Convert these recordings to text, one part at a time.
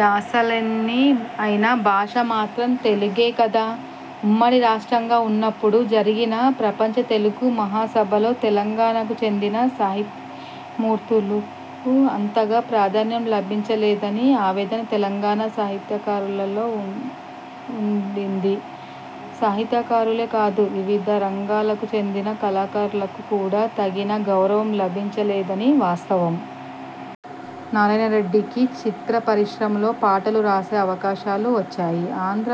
యాసలెన్ని అయినా భాష మాత్రం తెలుగే కదా! ఉమ్మడి రాష్ట్రంగా ఉన్నప్పుడు జరిగిన ప్రపంచ తెలుగు మహాసభలలో తెలంగాణకు చెందిన సాహితీమూర్తులకు అంతగా ప్రాధాన్యం లభించలేదని ఆవేదన తెలంగాణ సాహిత్యకారులలో ఉండింది. సాహితీకారులే కాదు– వివిధ రంగాలకు చెందిన కళాకారులకు కూడా తగిన గౌరవం లభించలేదన్నది వాస్తవం! నారాయణరెడ్డికి చిత్ర పరిశ్రమలో పాటలు రాసే అవకాశాలు వచ్చాయి. ఆంధ్ర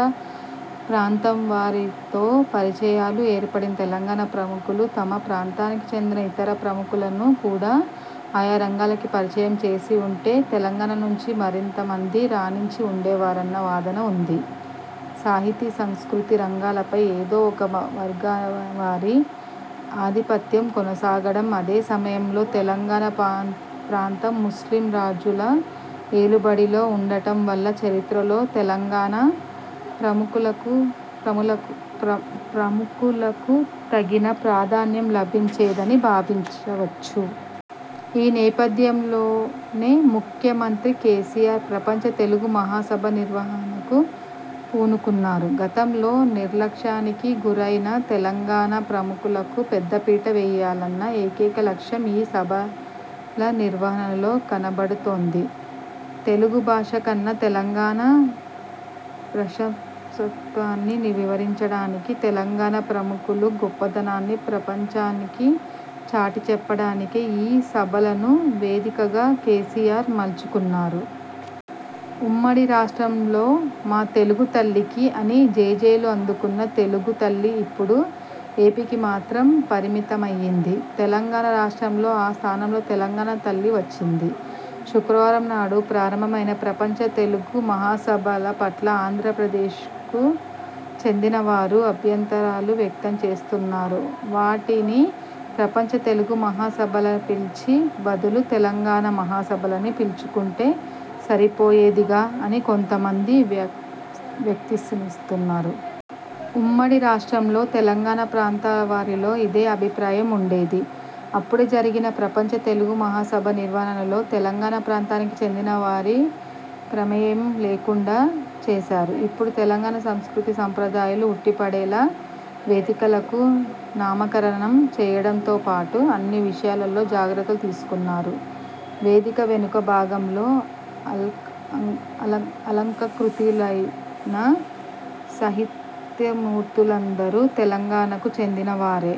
ప్రాంతంవారితో పరిచయాలు ఏర్పడిన తెలంగాణ ప్రముఖులు తమ ప్రాంతానికి చెందిన ఇతర ప్రముఖులను కూడా ఆయా రంగాలకు పరిచయం చేసి ఉంటే తెలంగాణ నుంచి మరింతమంది రాణించి ఉండేవారన్న వాదన ఉంది. సాహితీ, సాంస్కృతిక రంగాలపై ఏదో ఒక వర్గవారి ఆధిపత్యం కొనసాగడం, అదే సమయంలో తెలంగాణ ప్రాంతం ముస్లిం రాజుల ఏలుబడిలో ఉండటం వల్ల చరిత్రలో తెలంగాణ ప్రముఖులకు తగిన ప్రాధాన్యం లభించలేదని భావించవచ్చు. ఈ నేపథ్యంలోనే ముఖ్యమంత్రి కేసీఆర్ ప్రపంచ తెలుగు మహాసభల నిర్వహణకు పూనుకున్నారు. గతంలో నిర్లక్ష్యానికి గురైన తెలంగాణ ప్రముఖులకు పెద్దపీట వేయాలన్న ఏకైక లక్ష్యం ఈ సభల నిర్వహణలో కనబడుతోంది. తెలుగు భాష కన్నా తెలంగాణ ప్రాశస్త్యాన్ని వివరించడానికి, తెలంగాణ ప్రముఖుల గొప్పతనాన్ని ప్రపంచానికి చాటిచెప్పడానికే ఈ సభలను వేదికగా కేసీఆర్ మలచుకున్నారు. ఉమ్మడి రాష్ట్రంలో 'మా తెలుగు తల్లికి' అని జేజేలు అందుకున్న తెలుగు తల్లి ఇప్పుడు ఏపీకి మాత్రమే పరిమితమయ్యింది. తెలంగాణ రాష్ట్రంలో ఆ స్థానంలో తెలంగాణ తల్లి వచ్చింది. శుక్రవారంనాడు ప్రారంభమైన ప్రపంచ తెలుగు మహాసభల పట్ల ఆంధ్రప్రదేశ్కు చెందినవారు అభ్యంతరాలు వ్యక్తంచేస్తున్నారు. వాటిని ప్రపంచ తెలుగు మహాసభలని పిలిచే బదులు తెలంగాణ మహాసభలని పిలుచుకుంటే సరిపోయేదిగా అని కొంతమంది వ్యాక్తితమిస్తున్నారు. ఉమ్మడి రాష్ట్రంలో తెలంగాణ ప్రాంతంవారిలో ఇదే అభిప్రాయం ఉండేది. అప్పుడు జరిగిన ప్రపంచ తెలుగు మహాసభల నిర్వహణలో తెలంగాణ ప్రాంతానికి చెందినవారి ప్రమేయం లేకుండా చేశారు. ఇప్పుడు తెలంగాణ సంస్కృతీ, సంప్రదాయాలు ఉట్టిపడేలా వేదికలకు నామకరణం చేయడంతో పాటు అన్ని విషయాలలో। జాగ్రత్తలు తీసుకున్నారు. వేదిక వెనుక భాగంలో అలంకృతులైన సాహితీమూర్తులందరూ తెలంగాణకు చెందిన వారే!